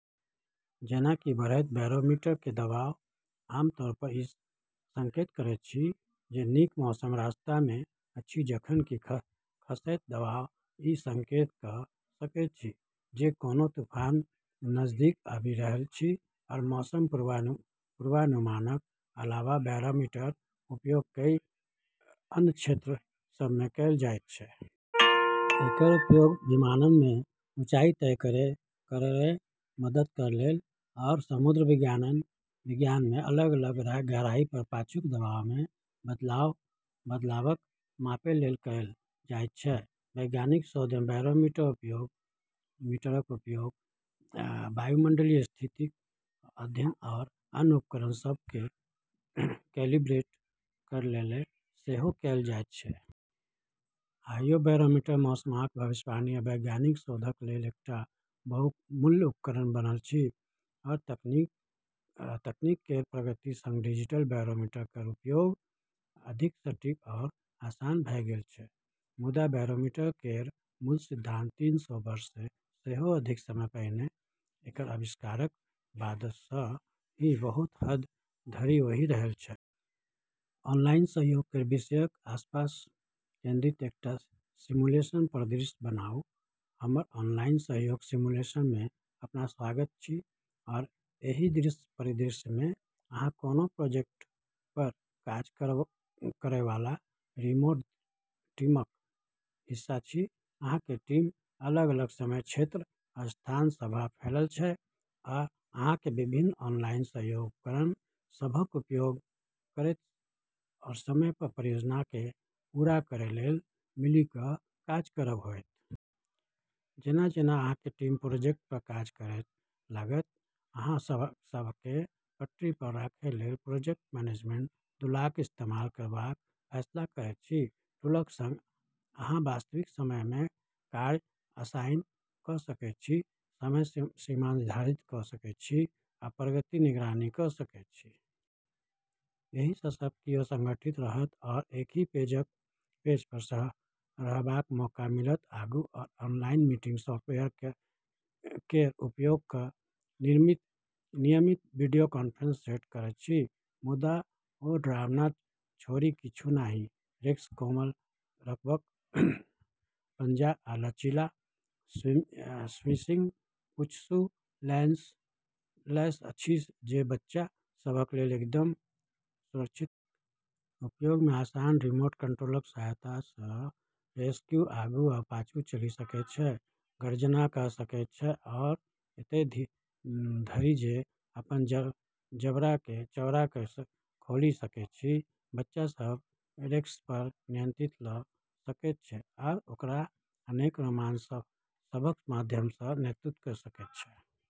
जेना कि बढ़ैत बैरोमीटरिक दबाव आमतौरपर ई संकेत करैत अछि जे नीक मौसम रास्तामे अछि, जखन कि खसैत दबाव ई संकेत कऽ सकैत अछि जे कोनो तूफान नजदीक आबि रहल अछि। मौसम पूर्वानुमानक अलावा बैरोमीटरक उपयोग कई अन्य क्षेत्र सभमे कएल जाइत छै। एकर उपयोग विमाननमे ऊँचाई तय करैमे मदद करै लेल आओर समुद्र विज्ञानमे अलग-अलग गहराईपर पाछूक दबावमे बदलावक मापै लेल कएल जाइत छै। वैज्ञानिक शोधमे बैरोमीटरक उपयोग वायुमंडलीय स्थितिक अध्ययन आओर अन्य उपकरण सभकेँ कैलिब्रेट करै लेल सेहो कएल जाइत छै। आइयो बैरोमीटर मौसमक भविष्यवाणी आ वैज्ञानिक शोधक लेल एकटा बहुमूल्य उपकरण बनल अछि। तकनीक केर प्रगति संग डिजिटल बैरोमीटर केर उपयोग अधिक सटीक आओर आसान भऽ गेल छै। मुदा बैरोमीटर केर मूल सिद्धांत तीन सौ वर्षसँ सेहो अधिक समय पहिने एकर आविष्कारक बादसँ ही बहुत हद धरि ओही रहल छै। ऑनलाइन सहयोग केर विषयक आसपास केंद्रित एकटा सिमुलेशन परिदृश्य बनाउ। हमर ऑनलाइन सहयोग सिमुलेशनमे अपन स्वागत अछि! एहि परिदृश्यमे अहाँ कोनो प्रोजेक्टपर काज करैवाला रिमोट टीमक हिस्सा छी। अहाँक टीम अलग-अलग समय क्षेत्र आ स्थान सभमे फैलल छै, आ अहाँकेँ विभिन्न ऑनलाइन सहयोग उपकरण सभक उपयोग करैत समयपर परियोजनाकेँ पूरा करै लेल मिलि कऽ काज करब होयत। जेना-जेना अहाँक टीम प्रोजेक्टपर काज करै लागत, अहाँ सभकेँ पटरीपर राखै लेल प्रोजेक्ट मैनेजमेंट टूलक इस्तेमाल करबाक फैसला करैत छी। टूलक संग, अहाँ वास्तविक समयमे कार्य असाइन कऽ सकैत छी, समय सीमा निर्धारित कऽ सकैत छी आ प्रगतिक निगरानी कऽ सकैत छी। एहिसँ सब कियो संगठित रहत आओर एकही पेजपर रहबाक मौका मिलत। आगू, अहाँ ऑनलाइन मीटिंग सॉफ्टवेयर केर उपयोग कऽ नियमित वीडियो कॉन्फ्रेंस सेट करैत छी। मुदा, ओ डरावना छोड़ि किछुओ नहि, रेक्स कोमल, रबरक पंजा आ लचीला, स्विशिंग पूँछसँ लैस अछि जे बच्चा सभक लेल एकदम सुरक्षित अछि। उपयोगमे आसान रिमोट कंट्रोलक सहायतासँ रेक्स आगू वा पाछू चलि सकैत छै, गर्जना कऽ सकैत छै, आओर एतय धरि जे अपन जबड़ाकेँ चौड़ा कऽ कऽ खोलि सकैत छै। बच्चा सभ रेक्सपर नियंत्रण लऽ सकैत छै आ ओकरा अनेक रोमांच सभक माध्यमसँ नेतृत्व कऽ सकैत छै।